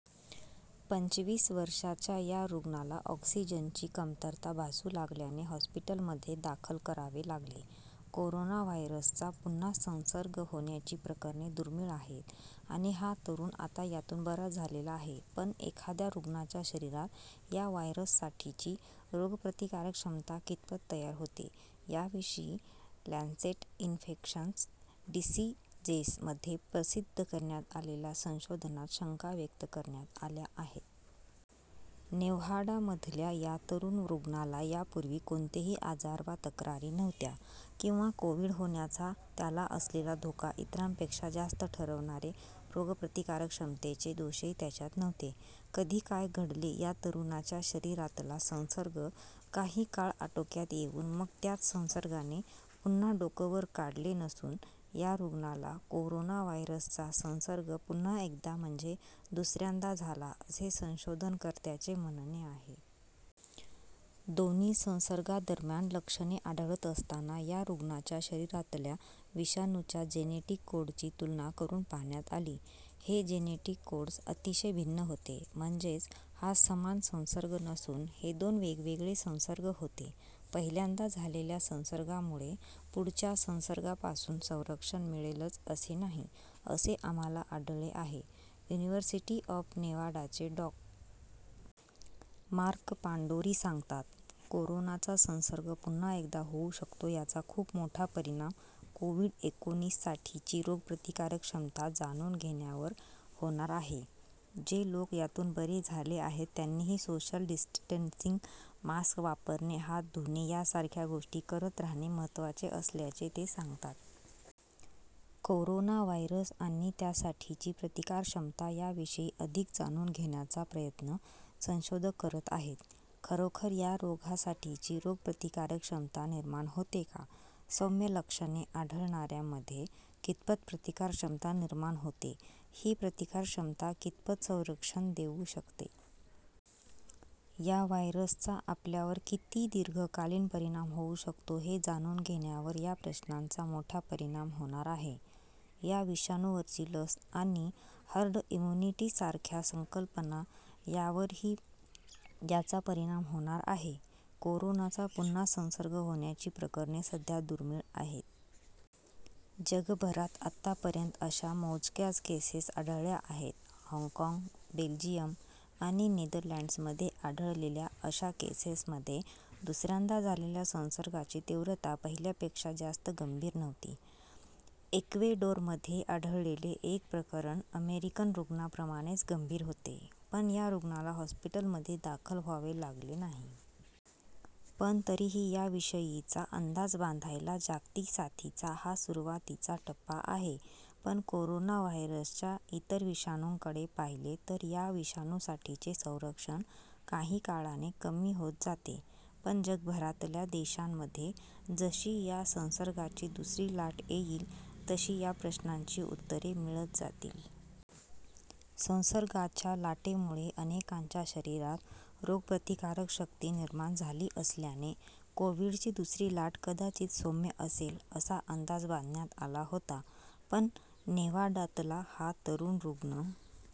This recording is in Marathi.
पंचवीस वर्षांच्या या रुग्णाला ऑक्सिजनची कमतरता भासू लागल्याने हॉस्पिटलमध्ये दाखल करावे लागले. कोरोना व्हायरसचा पुन्हा संसर्ग होण्याची प्रकरणे दुर्मिळ आहेत आणि हा तरुण आता यातून बरा झालेला आहे. पण एखाद्या रुग्णाच्या शरीरात या व्हायरससाठीची रोगप्रतिकारक्षमता कितपत तयार होते, याविषयी 'लॅन्सेट इन्फेक्शस डिसीजेस'मध्ये प्रसिद्ध करण्यात आलेल्या संशोधनात शंका व्यक्त करण्यात आल्या आहेत. नेव्हाडामधल्या या तरुण रुग्णाला यापूर्वी कोणतेही आजार वा तक्रारी नव्हत्या. किंवा कोव्हिड होण्याचा त्याला असलेला धोका इतरांपेक्षा जास्त ठरवणारे रोगप्रतिकारक्षमतेचे दोषही त्याच्यात नव्हते. कधी, काय घडले? या तरुणाच्या शरीरातला संसर्ग काही काळ आटोक्यात येऊन मग त्याच संसर्गाने पुन्हा डोकं वर काढले नसून या रुग्णाला कोरोना व्हायरसचा संसर्ग पुन्हा एकदा म्हणजे दुसऱ्यांदा झाला असे संशोधनकर्त्यांचे म्हणणे आहे. दोन्ही संसर्गांदरम्यान लक्षणे आढळत असताना, या रुग्णाच्या शरीरातल्या विषाणूच्या जेनेटिक कोडची तुलना करून पाहण्यात आली. हे जेनेटिक कोड्स अतिशय भिन्न होते. म्हणजेच हा समान संसर्ग नसून हे दोन वेगवेगळे संसर्ग होते. "पहिल्यांदा झालेल्या संसर्गामुळे पुढच्या संसर्गांपासून संरक्षण मिळेलच असे नाही, असे आम्हाला आढळले आहे," युनिव्हर्सिटी ऑफ नेव्हाडाचे डॉ. मार्क पांडोरी सांगतात. "कोरोनाचा संसर्ग पुन्हा एकदा होऊ शकतो याचा खूप मोठा परिणाम कोव्हिड-एकोणीससाठीची रोगप्रतिकारक्षमता जाणून घेण्यावर होणार आहे." जे लोक यातून बरे झाले आहेत त्यांनीही सोशल डिस्टन्सिंग, मास्क वापरणे, हात धुणे यासारख्या गोष्टी करत राहणे महत्त्वाचे असल्याचे ते सांगतात. कोरोना व्हायरस आणि त्यासाठीची प्रतिकारक्षमता याविषयी अधिक जाणून घेण्याचा प्रयत्न संशोधक करत आहेत. खरोखर या रोगासाठीची रोगप्रतिकारक्षमता निर्माण होते का? सौम्य लक्षणे आढळणाऱ्यांमध्ये कितपत प्रतिकारक्षमता निर्माण होते? ही प्रतिकारक्षमता कितपत संरक्षण देऊ शकते? या व्हायरसचा आपल्यावर किती दीर्घकालीन परिणाम होऊ शकतो हे जाणून घेण्यावर या प्रश्नांचा मोठा परिणाम होणार आहे. या विषाणूवरची लस आणि हर्ड इम्युनिटीसारख्या संकल्पना यावरही याचा परिणाम होणार आहे. कोरोनाचा पुन्हा संसर्ग होण्याची प्रकरणे सध्या दुर्मिळ आहेत. जगभरात आतापर्यंत अशा मोजक्याच केसेस आढळल्या आहेत. हाँगकाँग, बेल्जियम आणि नेदरलँड्समध्ये आढळलेल्या अशा केसेसमध्ये दुसऱ्यांदा झालेल्या संसर्गाची तीव्रता पहिल्यापेक्षा जास्त गंभीर नव्हती. इक्वेडोरमध्ये आढळलेले एक प्रकरण अमेरिकन रुग्णाप्रमाणेच गंभीर होते, पण या रुग्णाला हॉस्पिटलमध्ये दाखल व्हावे लागले नाही. पण तरीही याविषयीचा अंदाज बांधायला जागतिक साथीचा हा सुरुवातीचा टप्पा आहे. पण कोरोना व्हायरसच्या इतर विषाणूंकडे पाहिले तर या विषाणूसाठीचे संरक्षण काही काळाने कमी होत जाते. पण जगभरातल्या देशांमध्ये जशी या संसर्गाची दुसरी लाट येईल, तशी या प्रश्नांची उत्तरे मिळत जातील. संसर्गाच्या लाटेमुळे अनेकांच्या शरीरात रोगप्रतिकारशक्ती निर्माण झाली असल्याने कोव्हिडची दुसरी लाट कदाचित सौम्य असेल असा अंदाज बांधण्यात आला होता. पण नेव्हाडातला हा तरुण रुग्ण